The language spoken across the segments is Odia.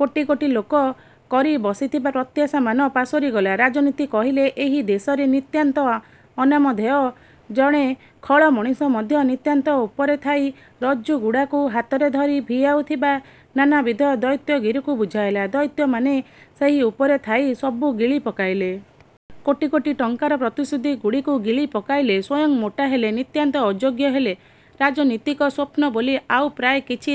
କୋଟି କୋଟି ଲୋକ କରି ବସିଥିବା ପ୍ରତ୍ୟାଶାମାନ ପାସୋର ଗଲା। ରାଜନୀତି କହିଲେ ଏହି ଦେଶରେ ନିତାନ୍ତ ଅନାମଧେୟ ଜଣେ ଖଳ ମଣିଷ ମଧ୍ୟ ନିତାନ୍ତ ଉପରେ ଥାଇ ରଜ୍ଜୁଗୁଡ଼ାକୁ ହାତରେ ଧରି ଭିଆଉଥିବା ନାନାବିଧ ଦୈତ୍ୟଗିରିକୁ ବୁଝାଇଲା। ଦୈତ୍ୟମାନେ ସେହି ଉପରେ ଥାଇ ସବୁ ଗିଳି ପକାଇଲେ। କୋଟି କୋଟି ଟଙ୍କାର ପ୍ରତିଶ୍ରୁତିଗୁଡ଼ିକୁ ଗିଳି ପକାଇଲେ, ସ୍ଵୟଂ ମୋଟା ହେଲେ, ନିତାନ୍ତ ଅଯୋଗ୍ୟ ହେଲେ। ରାଜନୀତିକ ସ୍ୱପ୍ନ ବୋଲି ଆଉ ପ୍ରାୟ କିଛି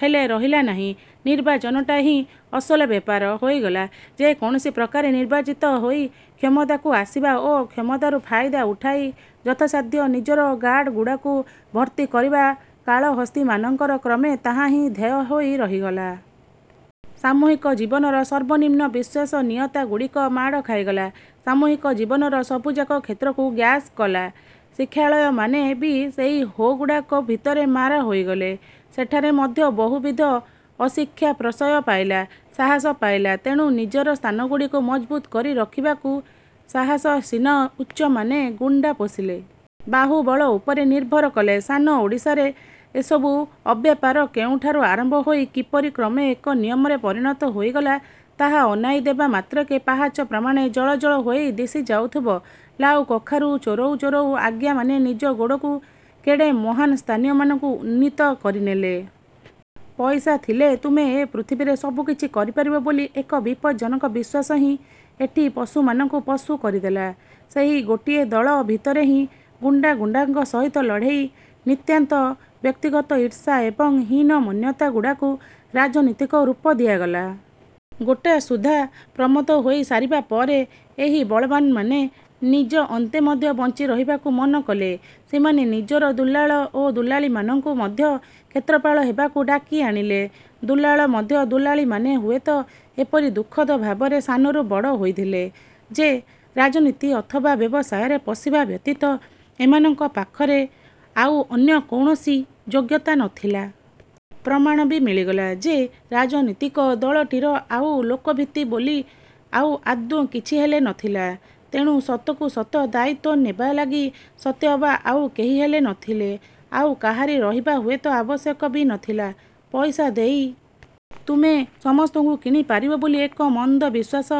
ହେଲେ ରହିଲା ନାହିଁ। ନିର୍ବାଚନଟା ହିଁ ଅସଲ ବେପାର ହୋଇଗଲା। ଯେକୌଣସି ପ୍ରକାରେ ନିର୍ବାଚିତ ହୋଇ କ୍ଷମତାକୁ ଆସିବା ଏବଂ କ୍ଷମତାରୁ ଫାଇଦା ଉଠାଇ ଯଥାସାଧ୍ୟ ନିଜର ଗାଡ଼ଗୁଡ଼ାକୁ ଭର୍ତ୍ତି କରିବା କାଳହସ୍ତୀ ମାନଙ୍କର କ୍ରମେ ତାହାହିଁ ଧ୍ୟେୟ ହୋଇ ରହିଗଲା। ସାମୂହିକ ଜୀବନର ସର୍ବନିମ୍ନ ବିଶ୍ୱସନୀୟତା ଗୁଡ଼ିକ ମାଡ଼ ଖାଇଗଲା, ସାମୂହିକ ଜୀବନର ସବୁଯାକ କ୍ଷେତ୍ରକୁ ଗ୍ରାସ କଲା। ଶିକ୍ଷାଳୟମାନେ ବି ସେହି ହୋ ଗୁଡ଼ାକ ଭିତରେ ମାରା ହୋଇଗଲେ। ସେଠାରେ ମଧ୍ୟ ବହୁବିଧ ଅଶିକ୍ଷା ପ୍ରଶ୍ରୟ ପାଇଲା, ସାହସ ପାଇଲା। ତେଣୁ, ନିଜର ସ୍ଥାନଗୁଡ଼ିକୁ ମଜବୁତ କରି ରଖିବାକୁ ଶାସନାସୀନ ଉଚ୍ଚମାନେ ଗୁଣ୍ଡା ପୋଷିଲେ। ବାହୁବଳ ଉପରେ ନିର୍ଭର କଲେ। ସାନ ଓଡ଼ିଶାରେ ଏସବୁ ଅବ୍ୟାପାର କେଉଁଠାରୁ ଆରମ୍ଭ ହୋଇ କିପରି କ୍ରମେ ଏକ ନିୟମରେ ପରିଣତ ହୋଇଗଲା ତାହା ଅନାଇଦେବା ମାତ୍ରକେ ପାହାଚ ପ୍ରମାଣେ ଜଳ ଜଳ ହୋଇ ଦିଶି ଯାଉଥିବ। ଲାଉ କଖାରୁ ଚୋରାଉ ଚୋରାଉ ଆଜ୍ଞାମାନେ ନିଜ ନିଜକୁ କେଡ଼େ ମହାନ୍ ସ୍ଥାନମାନଙ୍କୁ ଉନ୍ନୀତ କରିନେଲେ। ପଇସା ଥିଲେ ତୁମେ ଏ ପୃଥିବୀରେ ସବୁକିଛି କରିପାରିବ ବୋଲି ଏକ ବିପଜ୍ଜନକ ବିଶ୍ୱାସ ହିଁ ଏଠି ପଶୁମାନଙ୍କୁ ପଶୁ କରିଦେଲା। ସେହି ଗୋଟିଏ ଦଳ ଭିତରେ ହିଁ ଗୁଣ୍ଡା ଗୁଣ୍ଡାଙ୍କ ସହିତ ଲଢ଼େଇ। ନିତାନ୍ତ ବ୍ୟକ୍ତିଗତ ଈର୍ଷା ଏବଂ ହୀନମନ୍ୟତା ଗୁଡ଼ାକୁ ରାଜନୀତିକ ରୂପ ଦିଆଗଲା। ଗୋଟାସୁଦ୍ଧା ପ୍ରମତ୍ତ ହୋଇ ସାରିବା ପରେ ଏହି ବଳବାନ୍ମାନେ ନିଜ ଅନ୍ତେ ମଧ୍ୟ ବଞ୍ଚି ରହିବାକୁ ମନ କଲେ। ସେମାନେ ନିଜର ଦୁଲାଳ ଓ ଦୁଲାଳୀ ମାନଙ୍କୁ ମଧ୍ୟ କ୍ଷେତ୍ରପାଳ ହେବାକୁ ଡାକି ଆଣିଲେ। ଦୁଲାଳ ଏବଂ ଦୁଲାଳୀମାନେ ହୁଏତ ଏପରି ଦୁଃଖଦ ଭାବରେ ସାନରୁ ବଡ଼ ହୋଇଥିଲେ ଯେ ରାଜନୀତି ଅଥବା ବ୍ୟବସାୟରେ ପଶିବା ବ୍ୟତୀତ ଏମାନଙ୍କ ପାଖରେ ଆଉ ଅନ୍ୟ କୌଣସି ଯୋଗ୍ୟତା ନଥିଲା। ପ୍ରମାଣ ବି ମିଳିଗଲା ଯେ ରାଜନୀତିକ ଦଳଟିର ଆଉ ଲୋକଭିତ୍ତି ବୋଲି ଆଉ ଆଦୌ କିଛି ହେଲେ ନଥିଲା। ତେଣୁ ସତକୁ ସତ ଦାୟିତ୍ୱ ନେବା ଲାଗି ସତେଅବା ଆଉ କେହିହେଲେ ନଥିଲେ, ଆଉ କାହାରି ରହିବା ହୁଏତ ଆବଶ୍ୟକ ବି ନଥିଲା। ପଇସା ଦେଇ ତୁମେ ସମସ୍ତଙ୍କୁ କିଣିପାରିବ ବୋଲି ଏକ ମନ୍ଦବିଶ୍ୱାସ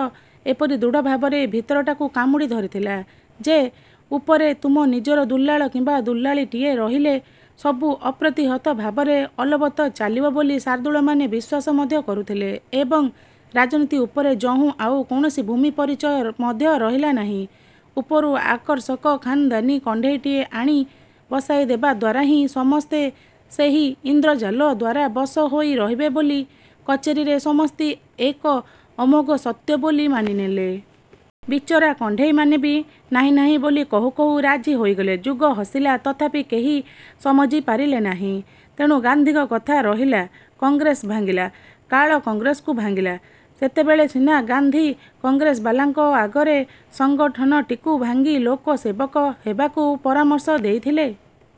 ଏପରି ଦୃଢ଼ ଭାବରେ ଭିତରଟାକୁ କାମୁଡ଼ି ଧରିଥିଲା ଯେ, ଉପରେ ତୁମ ନିଜର ଦୁଲାଳ କିମ୍ବା ଦୁଲାଳୀଟିଏ ରହିଲେ ସବୁ ଅପ୍ରତିହତ ଭାବରେ ଅଲବତ ଚାଲିବ ବୋଲି ଶାର୍ଦ୍ଦୂଳମାନେ ବିଶ୍ୱାସ ମଧ୍ୟ କରୁଥିଲେ ଏବଂ ରାଜନୀତି ଉପରେ ଯହୁଁ ଆଉ କୌଣସି ଭୂମିପରିଚୟ ମଧ୍ୟ ରହିଲା ନାହିଁ, ଉପରୁ ଆକର୍ଷକ ଖାନଦାନୀ କଣ୍ଢେଇଟିଏ ଆଣି ବସାଇଦେବା ଦ୍ୱାରା ହିଁ ସମସ୍ତେ ସେହି ଇନ୍ଦ୍ରଜାଲ ଦ୍ୱାରା ବଶ ହୋଇ ରହିବେ ବୋଲି କଚେରୀରେ ସମସ୍ତେ ଏକ ଅମୋଘ ସତ୍ୟ ବୋଲି ମାନିନେଲେ। ବିଚରା କଣ୍ଢେଇମାନେ ବି ନାହିଁ ନାହିଁ ବୋଲି କହୁ କହୁ ରାଜି ହୋଇଗଲେ। ଯୁଗ ହସିଲା, ତଥାପି କେହି ସମଝି ପାରିଲେ ନାହିଁ। ତେଣୁ ଗାନ୍ଧୀଙ୍କ କଥା ରହିଲା, କଂଗ୍ରେସ ଭାଙ୍ଗିଲା। କାଳ କଂଗ୍ରେସକୁ ଭାଙ୍ଗିଲା। ସେତେବେଳେ ସିନା ଗାନ୍ଧୀ କଂଗ୍ରେସବାଲାଙ୍କ ଆଗରେ ସଙ୍ଗଠନଟିକୁ ଭାଙ୍ଗି ଲୋକସେବକ ହେବାକୁ ପରାମର୍ଶ ଦେଇଥିଲେ।